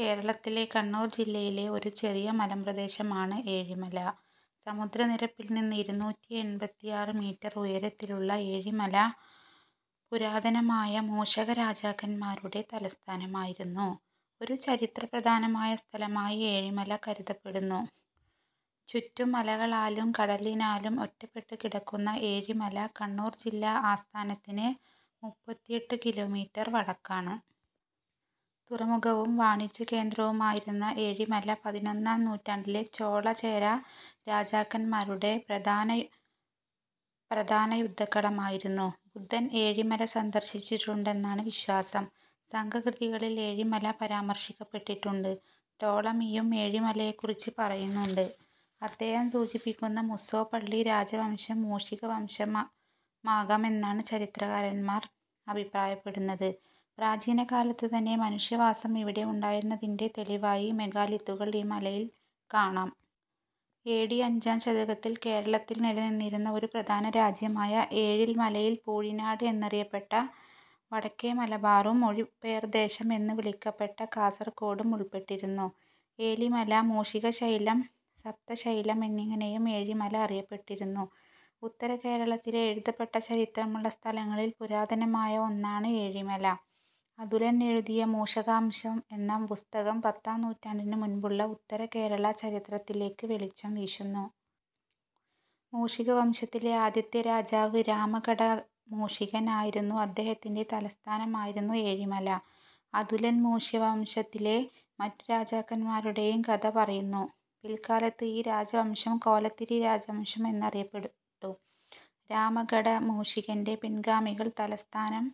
കേരളത്തിലെ കണ്ണൂർ ജില്ലയിലെ ഒരു ചെറിയ മലമ്പ്രദേശമാണ് ഏഴിമല. സമുദ്രനിരപ്പിൽ നിന്ന് ഇരുനൂറ്റി എൺപത്തിയാറ് മീറ്റർ ഉയരത്തിലുള്ള ഏഴിമല പുരാതനമായ മൂഷക രാജാക്കന്മാരുടെ തലസ്ഥാനമായിരുന്നു. ഒരു ചരിത്രപ്രധാനമായ സ്ഥലമായി ഏഴിമല കരുതപ്പെടുന്നു. ചുറ്റും മലകളാലും കടലിനാലും ഒറ്റപ്പെട്ടു കിടക്കുന്ന ഏഴിമല കണ്ണൂർ ജില്ലാ ആസ്ഥാനത്തിന് മുപ്പത്തിയെട്ട് കിലോമീറ്റർ വടക്കാണ്. ഒരു തുറമുഖവും വാണിജ്യകേന്ദ്രവുമായിരുന്ന ഏഴിമല പതിനൊന്നാം നൂറ്റാണ്ടിലെ ചോള ചേര രാജാക്കന്മാരുടെ പ്രധാന യുദ്ധക്കളമായിരുന്നു. ബുദ്ധൻ ഏഴിമല സന്ദർശിച്ചിട്ടുണ്ടെന്നാണ് വിശ്വാസം. സംഘകൃതികളിൽ ഏഴിമല പരാമർശിക്കപ്പെട്ടിട്ടുണ്ട്. ടോളമിയും ഏഴിമലയെക്കുറിച്ച് പറയുന്നുണ്ട്. അദ്ദേഹം സൂചിപ്പിക്കുന്ന മുസ്സോപ്പള്ളി രാജവംശം മൂഷികവംശമാകാമെന്നാണ് ചരിത്രകാരന്മാർ അഭിപ്രായപ്പെടുന്നത്. പ്രാചീനകാലത്തുതന്നെ മനുഷ്യവാസം ഇവിടെ ഉണ്ടായിരുന്നതിൻ്റെ തെളിവായി മെഗാലിത്തുകൾ ഈ മലയിൽ കാണാം. എ ഡി അഞ്ചാം ശതകത്തിൽ കേരളത്തിൽ നിലനിന്നിരുന്ന ഒരു പ്രധാന രാജ്യമായ ഏഴിൽമലയിൽ പൂഴിനാട് എന്നറിയപ്പെട്ട വടക്കേ മലബാറും മൊഴിപെയർദേശം എന്നു വിളിക്കപ്പെട്ട കാസർകോടും ഉൾപ്പെട്ടിരുന്നു. ഏലിമല, മൂഷികശൈലം, സപ്തശൈലം എന്നിങ്ങനെയും ഏഴിമല അറിയപ്പെട്ടിരുന്നു. ഉത്തരകേരളത്തിലെ എഴുതപ്പെട്ട ചരിത്രമുള്ള സ്ഥലങ്ങളിൽ പുരാതനമായ ഒന്നാണ് ഏഴിമല. അതുലൻ എഴുതിയ മൂഷകവംശം എന്ന പുസ്തകം പത്താം നൂറ്റാണ്ടിനു മുൻപുള്ള ഉത്തരകേരള ചരിത്രത്തിലേക്ക് വെളിച്ചം വീശുന്നു. മൂഷികവംശത്തിലെ ആദ്യത്തെ രാജാവ് രാമഘടമൂഷികൻ ആയിരുന്നു. അദ്ദേഹത്തിൻ്റെ തലസ്ഥാനമായിരുന്നു ഏഴിമല. അതുലൻ മൂഷികവംശത്തിലെ മറ്റു രാജാക്കന്മാരുടെയും കഥ പറയുന്നു. പിൽക്കാലത്ത് ഈ രാജവംശം കോലത്തിരി രാജവംശം എന്ന് അറിയപ്പെട്ടു. രാമഘടമൂഷികൻ്റെ പിൻഗാമികൾ തലസ്ഥാനം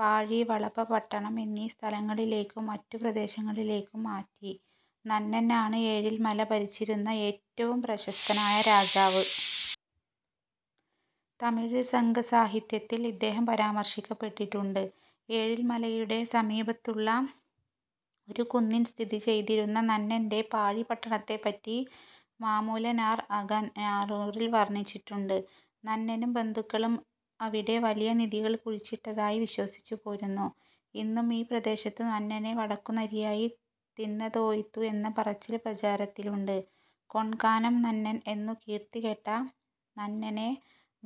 പാഴി, വളഭപട്ടണം എന്നീ സ്ഥലങ്ങളിലേക്കും മറ്റു പ്രദേശങ്ങളിലേക്കും മാറ്റി. നന്നൻ ആണ് ഏഴിൽമല ഭരിച്ചിരുന്ന ഏറ്റവും പ്രശസ്തനായ രാജാവ്. തമിഴ് സംഘസാഹിത്യത്തിൽ ഇദ്ദേഹം പരാമർശിക്കപ്പെട്ടിട്ടുണ്ട്. ഏഴിൽമലയുടെ സമീപത്തുള്ള ഒരു കുന്നിൽ സ്ഥിതിചെയ്തിരുന്ന നന്നൻ്റെ പാഴി പട്ടണത്തെപ്പറ്റി മാമൂലനാർ അകനാനൂറിൽ വർണിച്ചിട്ടുണ്ട്. നന്നനും ബന്ധുക്കളും അവിടെ വലിയ നിധികൾ കുഴിച്ചിട്ടതായി വിശ്വസിച്ചുപോരുന്നു. ഇന്നും ഈ പ്രദേശത്ത് നന്നനെ വടക്കു നരിയായി തിന്നതോയിത്തു എന്ന പറച്ചിൽ പ്രചാരത്തിലുണ്ട്. കൊൺകാനം നന്നൻ എന്നു കീർത്തികേട്ട നന്നനെ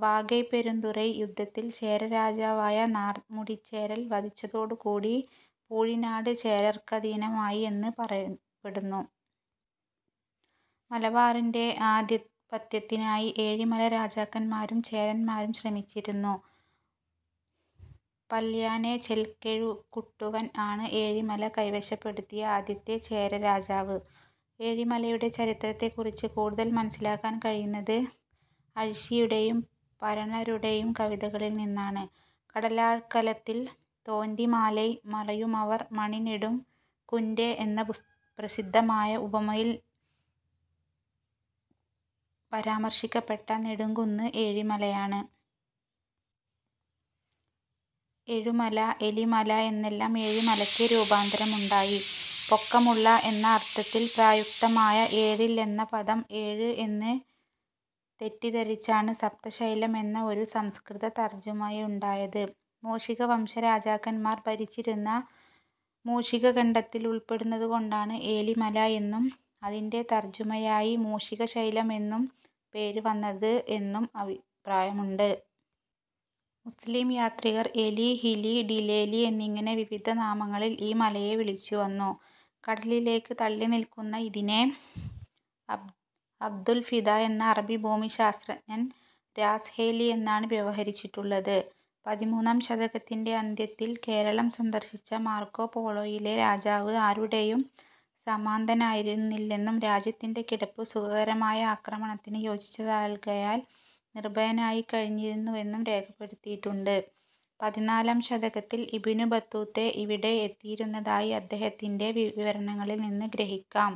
വാകൈപ്പെരുന്തുറൈ യുദ്ധത്തിൽ ചേരരാജാവായ നാർമുടിച്ചേരൽ വധിച്ചതോടുകൂടി പൂഴിനാട് ചേരർക്കധീനമായി എന്ന് പറയപ്പെടുന്നു. മലബാറിൻ്റെ ആധിപത്യത്തിനായി ഏഴിമല രാജാക്കന്മാരും ചേരന്മാരും ശ്രമിച്ചിരുന്നു. പൽയാനൈ ചെൽകെഴുകുട്ടുവൻ ആണ് ഏഴിമല കൈവശപ്പെടുത്തിയ ആദ്യത്തെ ചേരരാജാവ്. ഏഴിമലയുടെ ചരിത്രത്തെക്കുറിച്ച് കൂടുതൽ മനസ്സിലാക്കാൻ കഴിയുന്നത് അഴിശ്ശിയുടെയും പരണരുടെയും കവിതകളിൽനിന്നാണ്. കടലാഴ് കലത്തിൽ തോന്റി മാലൈ മറയുമവർ മണിനെടും കുന്റേ എന്ന പ്രസിദ്ധമായ ഉപമയിൽ പരാമർശിക്കപ്പെട്ട നെടുങ്കുന്ന് ഏഴിമലയാണ്. പിന്നീട് എഴുമല, എലിമല എന്നെല്ലാം ഏഴിമലയ്ക്ക് രൂപാന്തരമുണ്ടായി. പൊക്കമുള്ള എന്ന അർഥത്തിൽ പ്രയുക്തമായ ഏഴിൽ എന്ന പദം ഏഴ് എന്ന് തെറ്റിദ്ധരിച്ചാണ് സപ്തശൈലം എന്ന ഒരു സംസ്കൃത തർജുമയുണ്ടായത്. മൂഷികവംശ രാജാക്കന്മാർ ഭരിച്ചിരുന്ന മൂഷികഖണ്ഡത്തിൽ ഉൾപ്പെടുന്നതുകൊണ്ടാണ് എലിമല എന്നും അതിൻ്റെ തർജുമയായി മൂഷികശൈലം എന്നും പേര് വന്നത് എന്നും അഭിപ്രായമുണ്ട്. മധ്യകാല മുസ്ലീം യാത്രികർ എലി, ഹിലി, ഡിലേലി എന്നിങ്ങനെ വിവിധ നാമങ്ങളിൽ ഈ മലയെ വിളിച്ചുവന്നു. കടലിലേക്ക് തള്ളിനിൽക്കുന്ന ഇതിനെ അബ്ദുൽഫിദ എന്ന അറബി ഭൂമിശാസ്ത്രജ്ഞൻ രാസ്ഹെയ്ലി എന്നാണ് വ്യവഹരിച്ചിട്ടുള്ളത്. പതിമൂന്നാം ശതകത്തിൻ്റെ അന്ത്യത്തിൽ കേരളം സന്ദർശിച്ച മാർക്കോ പോളോ യിലെ രാജാവ് ആരുടെയും സാമന്തനായിരുന്നില്ലെന്നും രാജ്യത്തിൻ്റെ കിടപ്പ് സുഖകരമായ ആക്രമണത്തിന് യോജിച്ചതല്ലായ്കയാൽ നിർഭയനായിക്കഴിഞ്ഞിരുന്നുവെന്നും രേഖപ്പെടുത്തിയിട്ടുണ്ട്. പതിനാലാം ശതകത്തിൽ ഇബ്നു ബത്തൂത്ത ഇവിടെ എത്തിയിരുന്നതായി അദ്ദേഹത്തിൻ്റെ വിവരണങ്ങളിൽനിന്ന് ഗ്രഹിക്കാം..